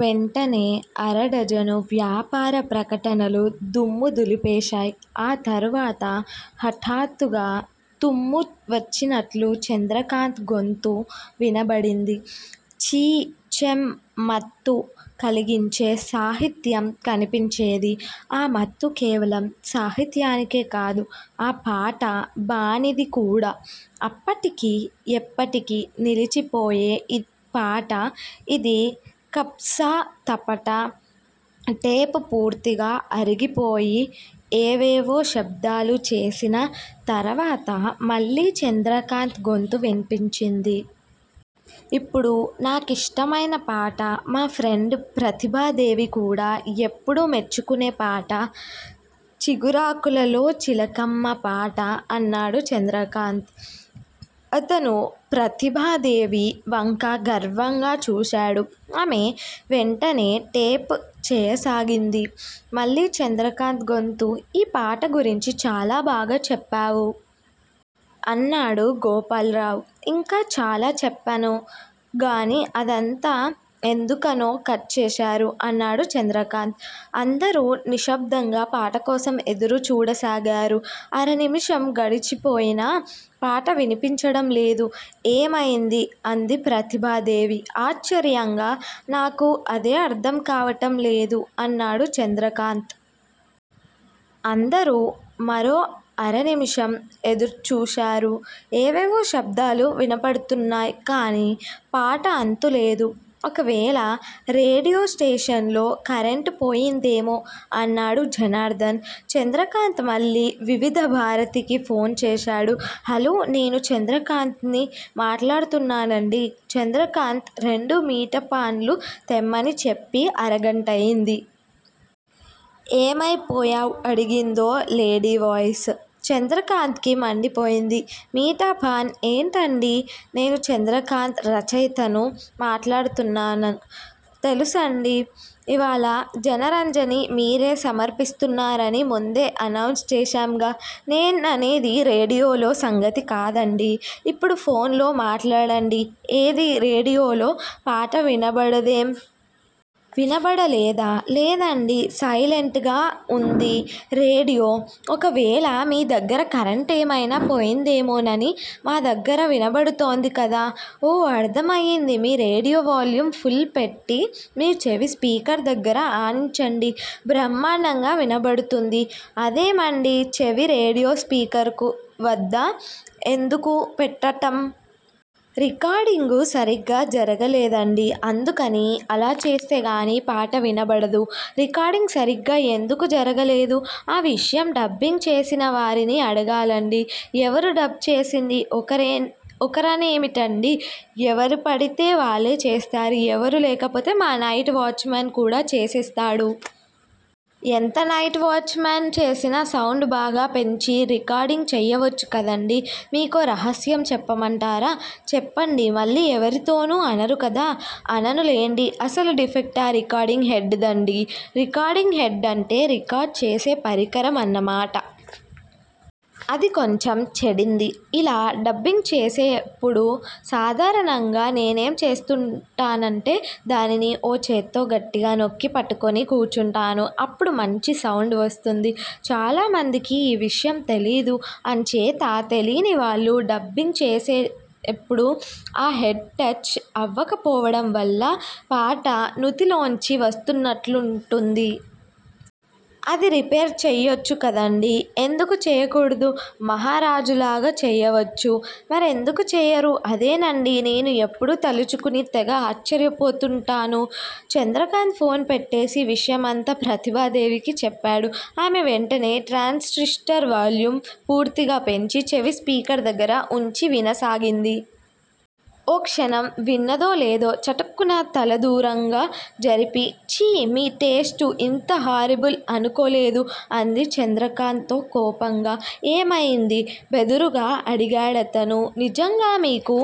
వెంటనే అరడజను వ్యాపార ప్రకటనలు దుమ్ము దులిపేశాయ్. ఆ తరువాత హఠాత్తుగా తుమ్ము వచ్చినట్లు చంద్రకాంత్ గొంతు వినబడింది. ఛీ చెం మత్తు కలిగించే సాహిత్యం కనిపించేది. ఆ మత్తు కేవలం సాహిత్యానికే కాదు. ఆ పాట బాణీది కూడా! అప్పటికీ, ఎప్పటికీ నిలిచిపోయే పాట ఇది- కబ్స్సా- తపట, టేప్ పూర్తిగా అరిగిపోయి ఏవేవో శబ్దాలు చేసిన తరువాత మళ్ళీ చంద్రకాంత్ గొంతు వినిపించింది. ఇప్పుడు నాకిష్టమయిన పాట మా ఫ్రెండ్ ప్రతిభాదేవి కూడా ఎప్పుడూ మెచ్చుకునే పాట చిగురాకులలో చిలకమ్మా పాట అన్నాడు చంద్రకాంత్. అతను ప్రతిభాదేవి వంక గర్వంగా చూశాడు. ఆమె వెంటనే టేప్ చేయసాగింది. మళ్ళీ చంద్రకాంత్ గొంతు ఈ పాట గురించి చాలా బాగా చెప్పావు! అన్నాడు గోపాల్రావ్. ఇంకా చాలా చెప్పను గాని అదంతా ఎందుకనో కట్ చేశారు అన్నాడు చంద్రకాంత్. అందరూ నిశ్శబ్దంగా పాట కోసం ఎదురు చూడసాగారు. అరా నిముషం గడిచిపోయినా పాట వినిపించడం లేదు. ఏమయింది? అంది ప్రతిభాదేవి ఆశ్చర్యంగా. నాకూ అదే అర్ధం కావటం లేదు అన్నాడు చంద్రకాంత్. అందరూ మరో అరనిముషం ఎదుర్చూశారు. ఏవేవో శబ్దాలు వినపడుతున్నాయ్. కానీ పాట అంతులేదు. ఒకవేళ రేడియో స్టేషన్ లో కరెంటుపోయిందేమో! అన్నాడు జనార్ధన్. చంద్రకాంత్ మళ్ళీ వివిధభారతికి ఫోన్ చేశాడు. హలో, నేను చంద్రకాంత్ ని మాట్లాడుతున్నానండీ. చంద్రకాంత్ రెండు మీటపాన్లు తెమ్మని చెప్పి అరగంటయింది. ఏమైపోయావ్ అడిగిందో లేడీ వాయిస్. చంద్రకాంత్ కి మండిపోయింది. మీటాపాన్ ఏంటండీ నేను చంద్రకాంత్ రచయితను మాట్లాడుతున్నా తెలుసండీ. ఇవాళ జనరంజని మీరే సమర్పిస్తున్నారని ముందే అనౌన్స్ చేశాంగా. నేననేది రేడియోలో సంగతి కాదండీ ఇప్పుడు ఫోన్ లో మాట్లాడండి. ఏదీ రేడియోలో పాట వినబడదేం? వినబడలేదా? లేదండీ సైలెంట్ గా ఉంది రేడియో. ఒకవేళ మీ దగ్గర కరెంటేమయినా పోయిందేమోనని మా దగ్గర వినబడుతోంది కదా! ఓ అర్థమయ్యింది మీ రేడియో వ్యాల్యూమ్ ఫుల్ పెట్టి, మీ చెవి స్పీకర్ దగ్గర ఆనించండి! బ్రహ్మాండంగా వినబడుతుంది. అదేమండి, చెవి రేడియో స్పీకరుకు వద్ద ఎందుకు పెట్టటం? రికార్డింగ్ సరిగ్గా జరగలేదండీ. అందుకని అలా చేస్తే గానీ పాట వినబడదు రికార్డింగ్ సరిగ్గా ఎందుకు జరగలేదు? ఆ విషయం డబ్బింగ్ చేసినవారిని అడగాలండి! ఎవరు డబ్ చేసింది? ఒకరె ఒకరనేమిటండీ ఎవరుపడితే వాళ్ళే చేస్తారు. ఎవరూ లేకపోతే మా నైట్ వాచ్ మెన్ కూడా చేసేస్తాడు. ఎంత నైట్ వాచ్ మన్ చేసినా సౌండ్ బాగా పెంచి రికార్డింగ్ చేయవచ్చు కదండీ? మీకో రహస్యం చెప్పమంటారా? చెప్పండి. మళ్ళీ ఎవరితోనూ అనరు కదా? అననులెండి. అసలు డిఫెక్ట్ ఆ రికార్డింగ్ హెడ్ దండీ. రికార్డింగ్ హెడ్డంటే? రికార్డ్ చేసే పరికరం అన్న మాట! అది కొంచెం చెడింది. ఇలా డబ్బింగ్ చేసేప్పుడు సాధారణంగా నేనేం చేస్తుంటానంటే దానిని ఓ చేత్తో గట్టిగా నొక్కి పట్టుకుని కూర్చుంటాను. అప్పుడు మంచి సౌండ్ వస్తుంది. చాలామందికి ఈ విషయం తెలీయిదు. అంచేత తెలీయినివాళ్ళు డబ్బింగ్ చేసేప్పుడు ఆ హెడ్ 'టచ్' అవ్వకపోవడం వల్ల పాట నూతిలోంచి వస్తున్నట్లుంటుంది. అది రిపేర్ చెయ్యొచ్చు కదండీ? ఎందుకు చేయకూడదు? మహారాజులాగా చెయ్యవచ్చు. మరెందుకు చేయరు? అదేనండీ, నేనూ ఎప్పుడూ తల్చుకుని తెగ ఆశ్చర్యపోతూంటాను. చంద్రకాంత్ ఫోన్ పెట్టేసి విషయమంతా ప్రతిభాదేవికి చెప్పాడు. ఆమె వెంటనే ట్రాన్సిష్టర్ వాల్యూమ్ పూర్తిగా పెంచి చెవి స్పీకర్ దగ్గర ఉంచి వినసాగింది. ఓ క్షణం విన్నదో లేదో చటుక్కున తల దూరంగా జరిపి ఛీ మీ టేస్టు ఇంత హారిబుల్ అనుకోలేదు అంది చంద్రకాంత్ తో కోపంగా. ఏమయింది? బెదురుగా అడిగాడతను. నిజంగా మీకు